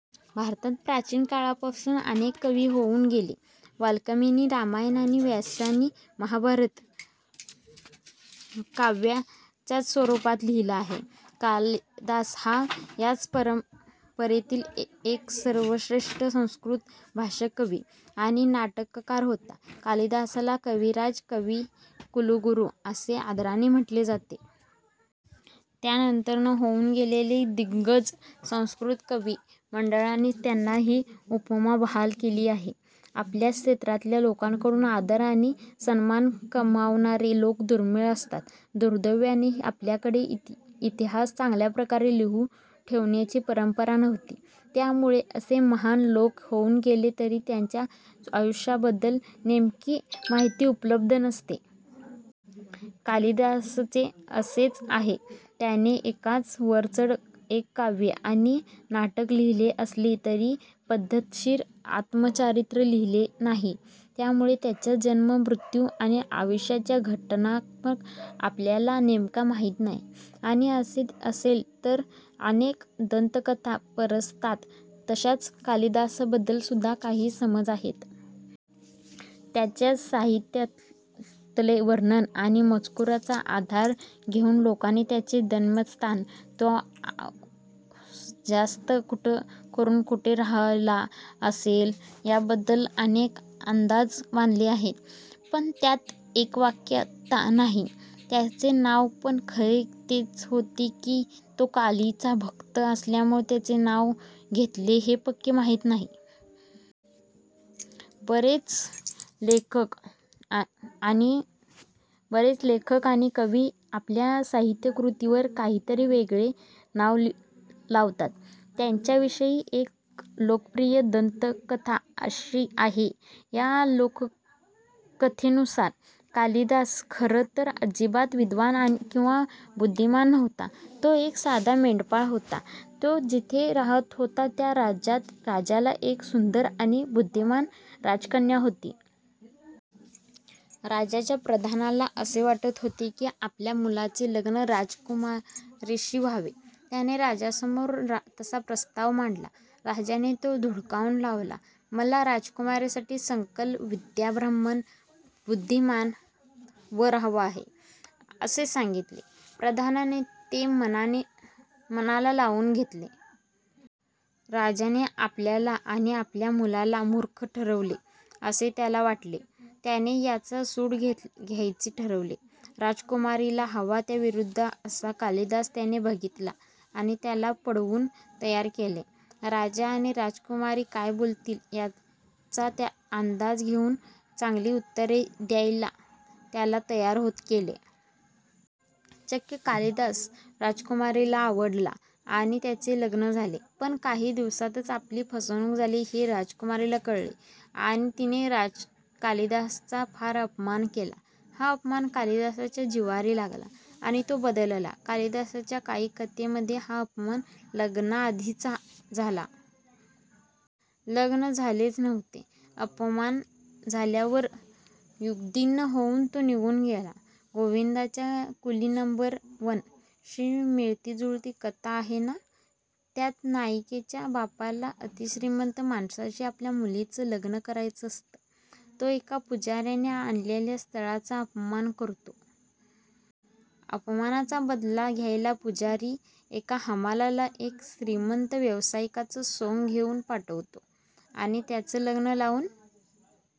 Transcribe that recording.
भारतात प्राचीन काळापासून अनेक कवी होऊन गेले. वाल्कमीनी रामायण आणि व्यासांनी महाभारत हे काव्याच्याच स्वरूपात लिहिलं आहे. कालिदास हा याच परंपरेतील एक सर्वश्रेष्ठ संस्कृत भाषक कवी आणि नाटककार होता. कालिदासाला कविराज, कविकुलगुरू असे आदराने म्हटले जाते. त्याच्यानंतर होऊन गेलेल्या दिग्गज संस्कृत कवी मंडळींनीच त्याला हि उपमा बहाल केली आहे. आपल्याच क्षेत्रातल्या लोकांकडून आदर आणि सन्मान कमावणारे लोक दुर्मिळ असतात. दुर्दैवाने आपल्याकडे इतिहास चांगल्याप्रकारे लिहून ठेवण्याची परंपरा नव्हती. त्यामुळे असे महान लोक होऊन गेले तरी त्यांच्या आयुष्याबद्दल नेमकी माहिती उपलब्ध नसते. कालिदासाचे असेच आहे. त्याने एकास वरचढ एक काव्ये आणि नाटक लिहिले असले तरी पद्धतशीर आत्मचारित्र लिहिले नाही. त्यामुळे त्याचा जन्म मृत्यू आणि आयुष्याचा घटनात्मक आपल्याला नेमका माहित नाही आणि असे असेल तर अनेक दंतकथा परसतात तशाच कालिदासाबद्दल सुद्धा काही समज आहेत. त्याच्याच साहित्यातले वर्णन आणि मजकुराचा आधार घेऊन लोकांनी त्याचे दन्मस्थान, तो जास्त कुठ करून कुठे राहला असेल याबद्दल अनेक अंदाज बांधले आहेत पण त्यात एकवाक्यता नाही. त्याचे नाव पण खरे तेच होते कि तो कालीचा भक्त असल्यामुळे त्याने ते नाव घेतले हे पक्के माहित नाही. बरेच लेखक आणि कवी आपल्या साहित्यकृतींवर काहीतरी वेगळे नाव लावतात. त्याच्याविषयी एक लोकप्रिय दंतकथा अशी आहे. या लोक कथेनुसार कालिदास खरं तर अजिबात विद्वान आणिकिंवा बुद्धिमान नव्हता. तो एक साधा मेंढपाळ होता. तो जिथे राहत होता त्या राज्यात राजाला एक सुंदर आणि बुद्धिमान राजकन्या होती. राजाच्या प्रधानाला असे वाटत होते कि आपल्या मुलाचे लग्न राजकुमारीशी व्हावे. त्याने राजासमोर तसा प्रस्ताव मांडला. राजाने तो धुडकावुन लावला. मला राजकुमारीसाठी सकल विद्यासंपन्न बुद्धिमान वर हवा आहे असे सांगितले. प्रधानाने ते मनाने मनाला लावुन घेतले. राजाने आपल्याला आणि आपल्या मुलाला मूर्ख ठरवले असे त्याला वाटले. त्याने याचा सूड घ्यायचे ठरवले. राजकुमारिला हवा त्याविरुद्ध असा कालिदास त्याने बघितला आणि त्याला पढवुन तयार केले. राजा आणि राजकुमारी काय बोलतील याचा त्या अंदाज घेऊन चांगली उत्तरे द्यायला त्याला तयार केले. चक्क कालिदास राजकुमारिला आवडला आणि त्यांचे लग्न झाले. पण काही दिवसातच आपली फसवणुक झाली हे राजकुमारीला कळले आणि तिने राज कालिदासाचा फार अपमान केला. हा अपमान कालिदासाच्या जिव्हारी लागला आणि तो बदलला. कालिदासाच्या काही कथेमध्ये हा अपमान लग्ना आधीच झाला. लग्न झालेच नव्हते. अपमान झाल्यावर उद्विग्न होऊन तो निघुन गेला. गोविंदाच्या कुली नंबर वन शी मिळतीजुळती कथा आहे ना? त्यात नायिकेच्या बापाला अतिश्रीमंत माणसाशी आपल्या मुलीचं लग्न करायचं असतं. तो एका पुजाऱ्याने आणलेल्या स्थळाचा अपमान करतो. अपमानाचा बदला घ्यायला पुजारी एका हमालाला एक श्रीमंत व्यावसायिकाचं सोंग घेऊन पाठवतो आणि त्यांचं लग्न लावुन